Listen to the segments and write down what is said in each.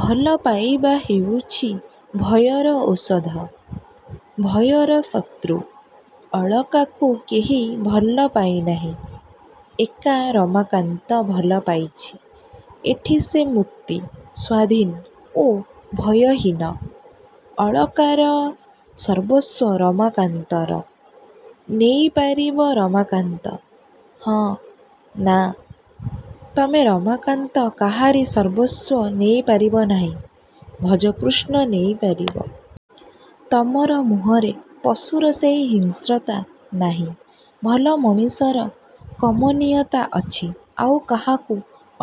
ଭଲ ପାଇବା ହେଉଛି ଭୟର ଔଷଧ-ଭୟର ଶତ୍ରୁ। ଅଳକାକୁ କେହି ଭଲ ପାଇନାହିଁ-ଏକା ରମାକାନ୍ତ ଭଲ ପାଇଛି। ଏଠି ସେ ମୁକ୍ତି, ସ୍ୱାଧୀନ ଓ ଭୟହୀନ। ଅଳକାର ସର୍ବସ୍ୱ ରମାକାନ୍ତର। ନେଇପାରିବ ରମାକାନ୍ତ? -ହଁ। -ନା, ତମେ ରମାକାନ୍ତ କାହାରି ସର୍ବସ୍ୱ ନେଇପାରିବ ନାହିଁ। ଭଜକୃଷ୍ଣ ନେଇ ପାରିବ। ତମର ମୁହଁରେ ପଶୁର ସେହି ହିଂସ୍ରତା ନାହିଁ। ଭଲ ମଣିଷର କମନୀୟତା ଅଛି ଆଉ କାହାକୁ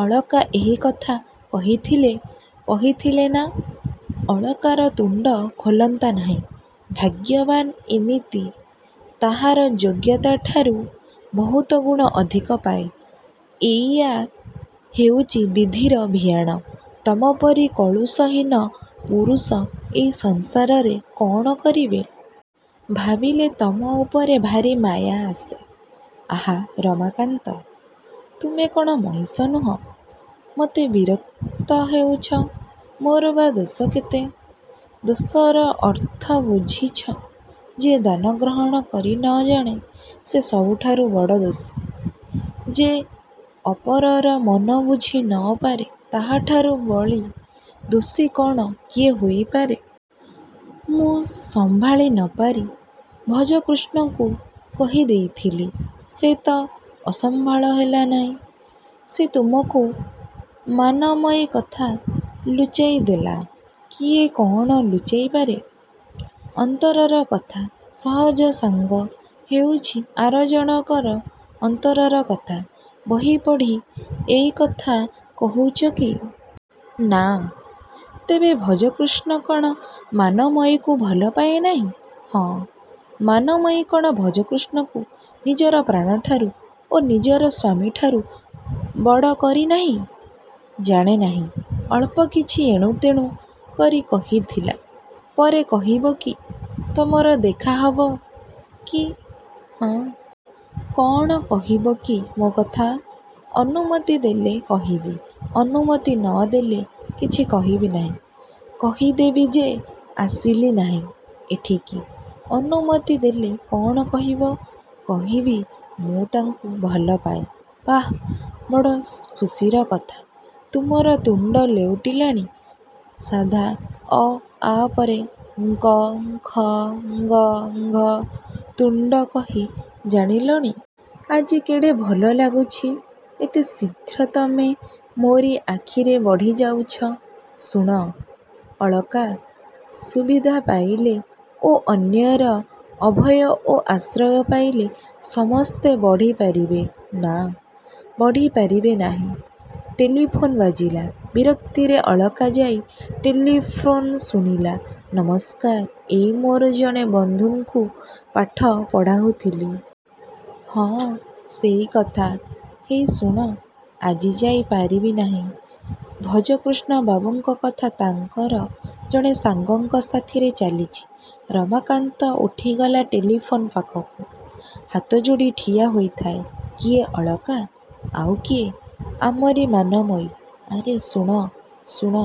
ଅଳକା ଏହି କଥା କହିଥିଲେ-କହିଥିଲେ ନା, ଅଳକାର ତୁଣ୍ଡ ଖୋଲନ୍ତା ନାହିଁ। ଭାଗ୍ୟବାନ୍ ଏମିତି ତାହାର ଯୋଗ୍ୟତାଠାରୁ ବହୁତଗୁଣ ଅଧିକ ପାଏ। ଏଇଆ ହେଉଛି ବିଧିର ଭିଆଣ। ତମପରି କଳୁଷ-ହୀନ ପୁରୁଷ ଏଇ ସଂସାରରେ କ'ଣ କରିବେ? -ଭାବିଲେ ତମ ଉପରେ ଭାରି ମାୟା ଆସେ-ଆହା-ରମାକାନ୍ତ, ତୁମେ କ'ଣ ମଣିଷ ନୁହଁ? -ମତେ ବିରକ୍ତ ହେଉଛ। ମୋର ବା ଦୋଷ କେତେ? -ଦୋଷର ଅର୍ଥ ବୁଝିଛ। ଯିଏ ଦାନ ଗ୍ରହଣ କରି ନ ଜାଣେ ସେ ସବୁଠାରୁ ବଡ଼ ଦୋଷୀ-। ଯେ ଅପରର ମନ ବୁଝି ନ ପାରେ ତାହାଠାରୁ ବଳି ଦୋଷୀ କ'ଣ କିଏ ହେଇପାରେ-? -ମୁଁ ସମ୍ଭାଳି ନ ପାରି ଭଜକୃଷ୍ଣକୁ କହି ଦେଇଥିଲି। -ସେ ତ ଅସମ୍ଭାଳ ହେଲା ନାହିଁ। ସେ ତୁମକୁ ମାନମୟୀ କଥା ଲୁଚାଇ ଦେଲା। -କିଏ କ'ଣ ଲୁଚାଇପାରେ? ଅନ୍ତରର କଥାର ସହଜ ସାଙ୍ଗ ହେଉଛି ଆର ଜଣକର ଅନ୍ତରର କଥା। -ବହି ପଢ଼ି ଏଇ କଥା କହୁଛ କି? -ନା। -ତେବେ ଭଜକୃଷ୍ଣ କ'ଣ ମାନମୟୀକୁ ଭଲପାଏ ନାହିଁ? -ହଁ। -ମାନମୟୀ କ'ଣ ଭଜକୃଷ୍ଣକୁ ନିଜର ପ୍ରାଣଠାରୁ ଓ ନିଜର ସ୍ୱାମୀଠାରୁ ବଡ଼ କରିନାହିଁ? -ଜାଣେ ନାହିଁ। ଅଳ୍ପ କିଛି ଏଣୁତେଣୁ କରି କହିଥିଲା। -ପରେ କହିବ କି? ତମର ଦେଖା ହବ କି? -ହଁ। -କ'ଣ କହିବ କି ମୋ' କଥା? -ଅନୁମତି ଦେଲେ କହିବି। -ଅନୁମତି ନ ଦେଲେ- -କିଛି କହିବି ନାହିଁ। କହିଦେବି ଯେ ଆସିଲି ନାହିଁ ଏଠିକି। -ଅନୁମତି ଦେଲେ କ'ଣ କହିବ? -କହିବି ମୁଁ ତାଙ୍କୁ ଭଲ ପାଏ। -ବାଃ, ବଡ଼ ଖୁସିର କଥା। ତୁମର ତୁଣ୍ଡ ଲେଉଟିଲାଣି-ସାଧା ଅ-ଆ ପରେ ଙ୍କ-ଙ୍ଖ-ଙ୍ଗ-ଙ୍ଘ ତୁଣ୍ଡ କହି ଜାଣିଲଣି। ଆଜି କେଡ଼େ ଭଲ ଲାଗୁଛି-ଏତେ ଶୀଘ୍ର ତମେ ମୋରି ଆଖିରେ ବଢ଼ିଯାଉଛ। -ଶୁଣ, ଅଳକା, ସୁବିଧା ପାଇଲେ ଓ ଅନ୍ୟର ଅଭୟ ଓ ଆଶ୍ରୟ ପାଇଲେ ସମସ୍ତେ ବଢ଼ି ପାରିବେ। -ନା, ବଢ଼ି ପାରିବେ ନାହିଁ। ଟେଲିଫୋନ୍ ବାଜିଲା- ବିରକ୍ତିରେ ଅଳକା ଯାଇ ଟେଲିଫୋନ୍ରେ ଶୁଣିଲା-ନମସ୍କାର-ଏଇ ମୋର ଜଣେ ବନ୍ଧୁଙ୍କୁ ପାଠ ପଢ଼ାଉଥିଲି। -ହଁ ସେଇକଥା। ହେଇ ଶୁଣ, ଆଜି ଯାଇ ପାରିବି ନାହିଁ। ଭଜକୃଷ୍ଣବାବୁଙ୍କ କଥା ତାଙ୍କର ଜଣେ ସାଙ୍ଗଙ୍କ ସାଥିରେ ଚାଲିଛି ରମାକାନ୍ତ ଉଠିଗଲା ଟେଲିଫୋନ୍ ପାଖକୁ। ହାତଯୋଡ଼ି ଠିଆ ହୋଇଥାଏ। କିଏ ଅଳକା? -ଆଉ କିଏ? ଆମରି ମାନମୟୀ। -ଆରେ ଶୁଣ-ଶୁଣ।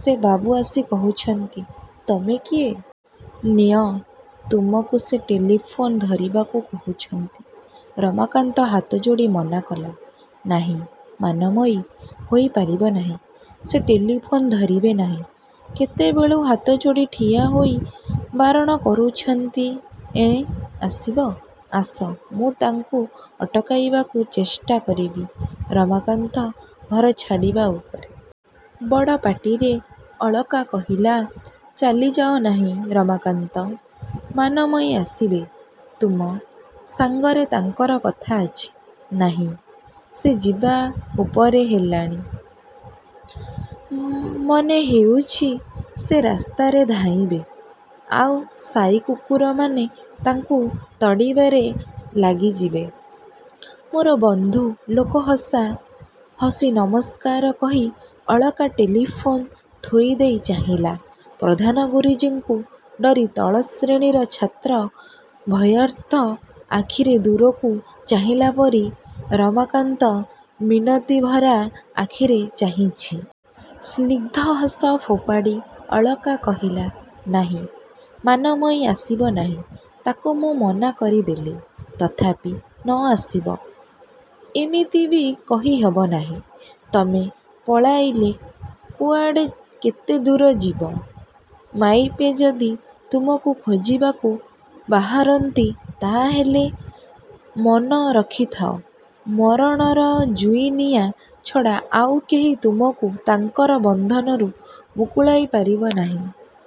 ସେ ବାବୁ ଆସି କହୁଛନ୍ତି-ତମେ କିଏ? -ନିଅ, ତୁମକୁ ସେ ଟେଲିଫୋନ୍ ଧରିବାକୁ କହୁଛନ୍ତି। -ରମାକାନ୍ତ ହାତଯୋଡ଼ି ମନା କଲା। ନାହିଁ, ମାନମୟୀ-ହୋଇ ପାରିବ ନାହିଁ। ସେ ଟେଲିଫୋନ୍ ଧରିବେ ନାହିଁ। କେତେବେଳୁ ହାତଯୋଡ଼ି ଠିଆ ହୋଇ ବାରଣ କରୁଛନ୍ତି ଏଁ, ଆସିବ? -ଆସ। -ମୁଁ ତାଙ୍କୁ ଅଟକାଇବାକୁ ଚେଷ୍ଟା କରିବି। ରମାକାନ୍ତ ଘର ଛାଡ଼ିବା ଉପରେ। ବଡ଼ ପାଟିରେ ଅଳକା କହିଲା-ଚାଲିଯାଅ ନାହିଁ ରମାକାନ୍ତ। ମାନମୟୀ ଆସିବେ। ତୁମ। ସାଙ୍ଗରେ ତାଙ୍କର କଥା ଅଛି। -ନାହିଁ, ସେ ଯିବା ଉପରେ ହେଲାଣି। ମନେ ହେଉଛି ସେ ରାସ୍ତାରେ ଧାଇଁବେ। ଆଉ ସାଇ କୁକୁରମାନେ ତାଙ୍କୁ ତଡ଼ିବାରେ ଲାଗିଯିବେ। ମୋର ବନ୍ଧୁ ଲୋକହସା ହସି ନମସ୍କାର କହି ଅଳକା ଟେଲିଫୋନ୍ ଥୋଇଦେଇ ଚାହିଁଲା-ପ୍ରଧାନ ଗୁରୁଜୀଙ୍କୁ ଡରି ତଳ ଶ୍ରେଣୀର ଛାତ୍ର ଭୟାର୍ତ୍ତ ଆଖିରେ ଦୂରକୁ ଚାହିଁଲା ପରି-ରମାକାନ୍ତ ମିନତିଭରା ଆଖିରେ ଚାହିଁଛି। ସ୍ନିଗ୍ଧ ହସ ଫୋପାଡ଼ି ଅଳକା କହିଲା-ନାହିଁ। ମାନମୟୀ ଆସିବ ନାହିଁ। ତା'କୁ ମୁଁ ମନା କରିଦେଲି। ତଥାପି ନ ଆସିବ, ଏମିତି ବି କହି ହବ ନାହିଁ? ତମେ ପଳାଇଲେ କୁଆଡ଼େ କେତେ ଦୂର ଯିବ? ମାଇପେ ଯଦି ତୁମକୁ ଖୋଜିବାକୁ ବାହାରନ୍ତି ତାହାହେଲେ ମନ ରଖିଥାଅ-ମରଣର ଜୁଇ ନିଆଁ ଛଡ଼ା ଆଉ କେହି ତୁମକୁ ତାଙ୍କର ବନ୍ଧନରୁ ମୁକୁଳାଇ ପାରିବ ନାହିଁ-।